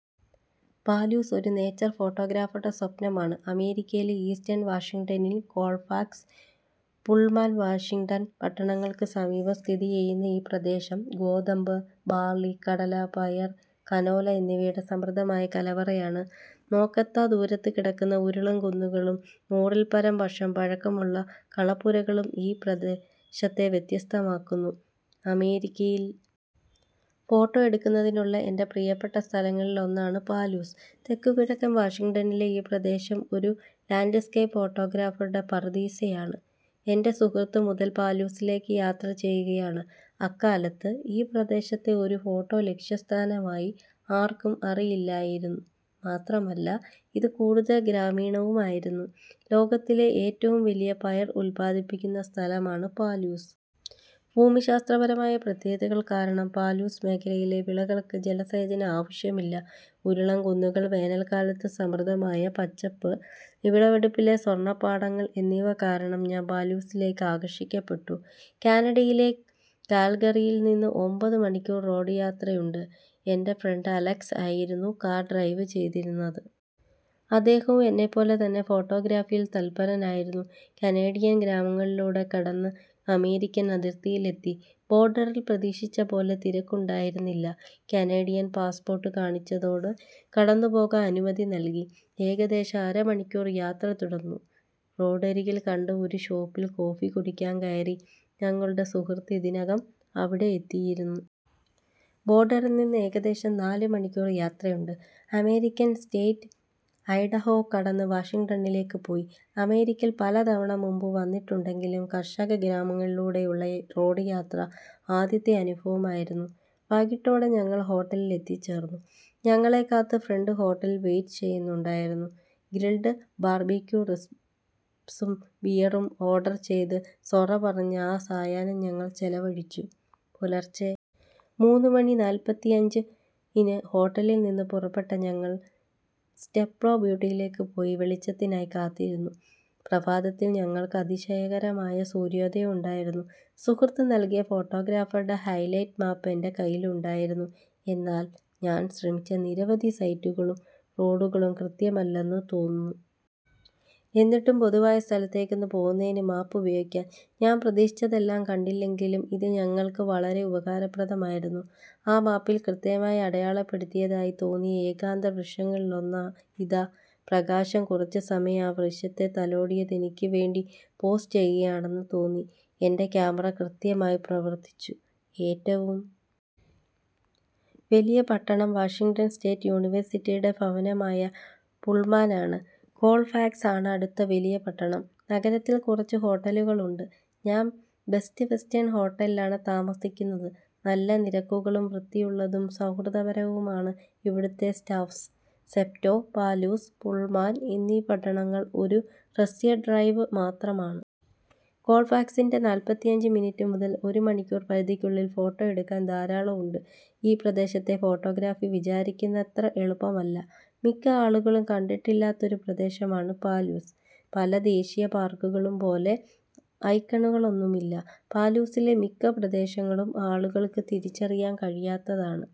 Palouse ഒരു nature ഫോട്ടോഗ്രാഫറുടെ സ്വപ്നമാണ്. അമേരിക്കയിലെ ഈസ്റ്റേൺ വാഷിംഗ്ടണിൽ കോൾഫാക്സ്, പുൾമാൻ വാഷിംഗ്ടൺ പട്ടണങ്ങൾക്ക് സമീപം സ്ഥിതിചെയ്യുന്ന ഈ പ്രദേശം ഗോതമ്പ്, ബാർലി, കടല, പയർ, കനോല എന്നിവയുടെ സമൃദ്ധമായ കലവറയാണ്. നോക്കെത്താ ദൂരത്തുകിടക്കുന്ന ഉരുളൻ കുന്നുകളും നൂറിൽപരം വർഷം പഴക്കമുള്ള കളപ്പുരകളും ഈ പ്രദേശത്തെ വ്യത്യസ്തമാക്കുന്നു. അമേരിക്കയിൽ ഫോട്ടോ എടുക്കുന്നതിനുള്ള എൻ്റെ പ്രിയപ്പെട്ട സ്ഥലങ്ങളിലൊന്നാണ് പാലൂസ്. തെക്കുകിഴക്കൻ വാഷിംഗ്ടണിലെ ഈ പ്രദേശം ഒരു ലാൻഡ്സ്കേപ്പ് ഫോട്ടോഗ്രാഫറുടെ പറുദീസയാണ്. എൻ്റെ സുഹൃത്ത് മുതൽ പാലൂസിലേക്ക് യാത്ര ചെയ്യുകയാണ്. അക്കാലത്ത് ഈ പ്രദേശത്തെ ഒരു ഫോട്ടോ ലക്ഷ്യസ്ഥാനമായി ആർക്കും അറിയില്ലായിരുന്നു. മാത്രമല്ല ഇത് കൂടുതൽ ഗ്രാമീണവുമായിരുന്നു. ലോകത്തിലെ ഏറ്റവും വലിയ പയർ ഉത്പാദിപ്പിക്കുന്ന സ്ഥലമാണ് പാലൂസ്. ഭൂമിശാസ്ത്രപരമായ പ്രത്യേകതകൾ കാരണം പാലൂസ് മേഖലയിലെ വിളകൾക്ക് ജലസേചനം ആവശ്യമില്ല. ഉരുളൻ കുന്നുകൾ വേനൽക്കാലത്ത് സമൃദ്ധമായ പച്ചപ്പ് വിളവെടുപ്പിലെ സ്വർണ പാടങ്ങൾ എന്നിവ കാരണം ഞാൻ പാലൂസിലേക്ക് ആകർഷിക്കപ്പെട്ടു. കാനഡയിലെ കാൽഗറിയിൽ നിന്ന് ഒമ്പത് മണിക്കൂർ റോഡ് യാത്രയുണ്ട്. എൻ്റെ ഫ്രണ്ട് അലക്സ് ആയിരുന്നു കാർ ഡ്രൈവ് ചെയ്തിരുന്നത്. അദ്ദേഹവും എന്നെപ്പോലെ തന്നെ ഫോട്ടോഗ്രാഫിയിൽ തൽപരനായിരുന്നു. കനേഡിയൻ ഗ്രാമങ്ങളിലൂടെ കടന്ന് അമേരിക്കൻ അതിർത്തിയിലെത്തി. ബോർഡറിൽ പ്രതീക്ഷിച്ചപോലെ തിരക്കുണ്ടായിരുന്നില്ല. കനേഡിയൻ പാസ്പോർട്ട് കാണിച്ചതോടെ കടന്നുപോകാൻ അനുമതി നൽകി. ഏകദേശം അര മണിക്കൂർ യാത്ര തുടർന്നു. റോഡരികിൽ കണ്ട ഒരു ഷോപ്പിൽ കോഫി കുടിക്കാൻ കയറി. ഞങ്ങളുടെ സുഹൃത്ത് ഇതിനകം അവിടെ എത്തിയിരുന്നു. ബോർഡറിൽ നിന്ന് ഏകദേശം നാല് മണിക്കൂർ യാത്രയുണ്ട്. അമേരിക്കൻ സ്റ്റേറ്റ് ഐഡഹോ കടന്ന് വാഷിംഗ്ടണിലേക്ക് പോയി. അമേരിക്കയിൽ പലതവണ മുമ്പ് വന്നിട്ടുണ്ടെങ്കിലും കർഷക ഗ്രാമങ്ങളിലൂടെയുള്ള റോഡ് യാത്ര ആദ്യത്തെ അനുഭവമായിരുന്നു. വൈകിട്ടോടെ ഞങ്ങൾ ഹോട്ടലിൽ എത്തിച്ചേർന്നു. ഞങ്ങളെ കാത്ത് ഫ്രണ്ട് ഹോട്ടലിൽ വെയിറ്റ് ചെയ്യുന്നുണ്ടായിരുന്നു. ഗ്രിൽഡ് ബാർബിക്യു റിബ്സും ബിയറും ഓർഡർ ചെയ്ത് സൊറ പറഞ്ഞ് ആ സായാഹ്നം ഞങ്ങൾ ചെലവഴിച്ചു. പുലർച്ചെ മൂന്ന് മണി നാൽപ്പത്തിയഞ്ചിന് ഹോട്ടലിൽ നിന്ന് പുറപ്പെട്ട് ഞങ്ങൾ സ്റ്റെപ്റ്റോ ബ്യൂട്ടിലേക്ക് പോയി വെളിച്ചത്തിനായി കാത്തിരുന്നു. പ്രഭാതത്തിൽ ഞങ്ങൾക്ക് അതിശയകരമായ സൂര്യോദയം ഉണ്ടായിരുന്നു. സുഹൃത്ത് നൽകിയ ഫോട്ടോഗ്രാഫറുടെ ഹൈലൈറ്റ് മാപ്പ് എൻ്റെ കയ്യിൽ ഉണ്ടായിരുന്നു. എന്നാൽ ഞാൻ ശ്രമിച്ച നിരവധി സൈറ്റുകളും റോഡുകളും കൃത്യമല്ലെന്ന് തോന്നുന്നു. എന്നിട്ടും പൊതുവായ സ്ഥലത്തേക്ക് പോകുന്നതിന് മാപ്പ് ഉപയോഗിക്കാം. ഞാൻ പ്രതീക്ഷിച്ചതെല്ലാം കണ്ടില്ലെങ്കിലും ഇത് ഞങ്ങൾക്ക് വളരെ ഉപകാരപ്രദമായിരുന്നു.ആ മാപ്പിൽ കൃത്യമായി അടയാളപ്പെടുത്തിയതായി തോന്നിയ ഏകാന്ത വൃക്ഷങ്ങളിലൊന്ന് ഇതാ. പ്രകാശം കുറച്ചുസമയം ആ വൃക്ഷത്തെ തലോടിയതു എനിക്ക് വേണ്ടി പോസ് ചെയ്യുകയാണെന്ന് തോന്നി. എൻ്റെ ക്യാമറ കൃത്യമായി പ്രവർത്തിച്ചു. ഏറ്റവും വലിയ പട്ടണം വാഷിംഗ്ടൺ സ്റ്റേറ്റ് യൂണിവേഴ്സിറ്റിയുടെ ഭവനമായ പുൾമാൻ ആണ്. കോൾഫാക്സ് ആണ് അടുത്ത വലിയ പട്ടണം. നഗരത്തിൽ കുറച്ച് ഹോട്ടലുകൾ ഉണ്ട്. ഞാൻ ബെസ്റ്റ് വെസ്റ്റേൺ ഹോട്ടലിലാണ് താമസിക്കുന്നത്. നല്ല നിരക്കുകളും വൃത്തിയുള്ളതും സൗഹൃദപരവുമാണ് ഇവിടുത്തെ സ്റ്റാഫ്സ്. സ്റ്റെപ്റ്റോ, പാലൂസ്, പുൾമാൻ എന്നീ പട്ടണങ്ങൾ ഒരു ഹ്രസ്വ ഡ്രൈവ് മാത്രമാണ്. കോൾഫാക്സിൻ്റെ നാൽപ്പത്തിയഞ്ച് മിനിറ്റ് മുതൽ ഒരു മണിക്കൂർ പരിധിക്കുള്ളിൽ ഫോട്ടോ എടുക്കാൻ ധാരാളം ഉണ്ട്.ഈ പ്രദേശത്തെ ഫോട്ടോഗ്രാഫി വിചാരിക്കുന്നത്ര എളുപ്പമല്ല. മിക്ക ആളുകളും കണ്ടിട്ടില്ലാത്ത ഒരു പ്രദേശമാണ് പാലൂസ്. പല ദേശീയ പാർക്കുകളും പോലെ ഐക്കണുകളൊന്നുമില്ല. പാലൂസിലെ മിക്ക പ്രദേശങ്ങളും ആളുകൾക്ക് തിരിച്ചറിയാൻ കഴിയാത്തതാണ്.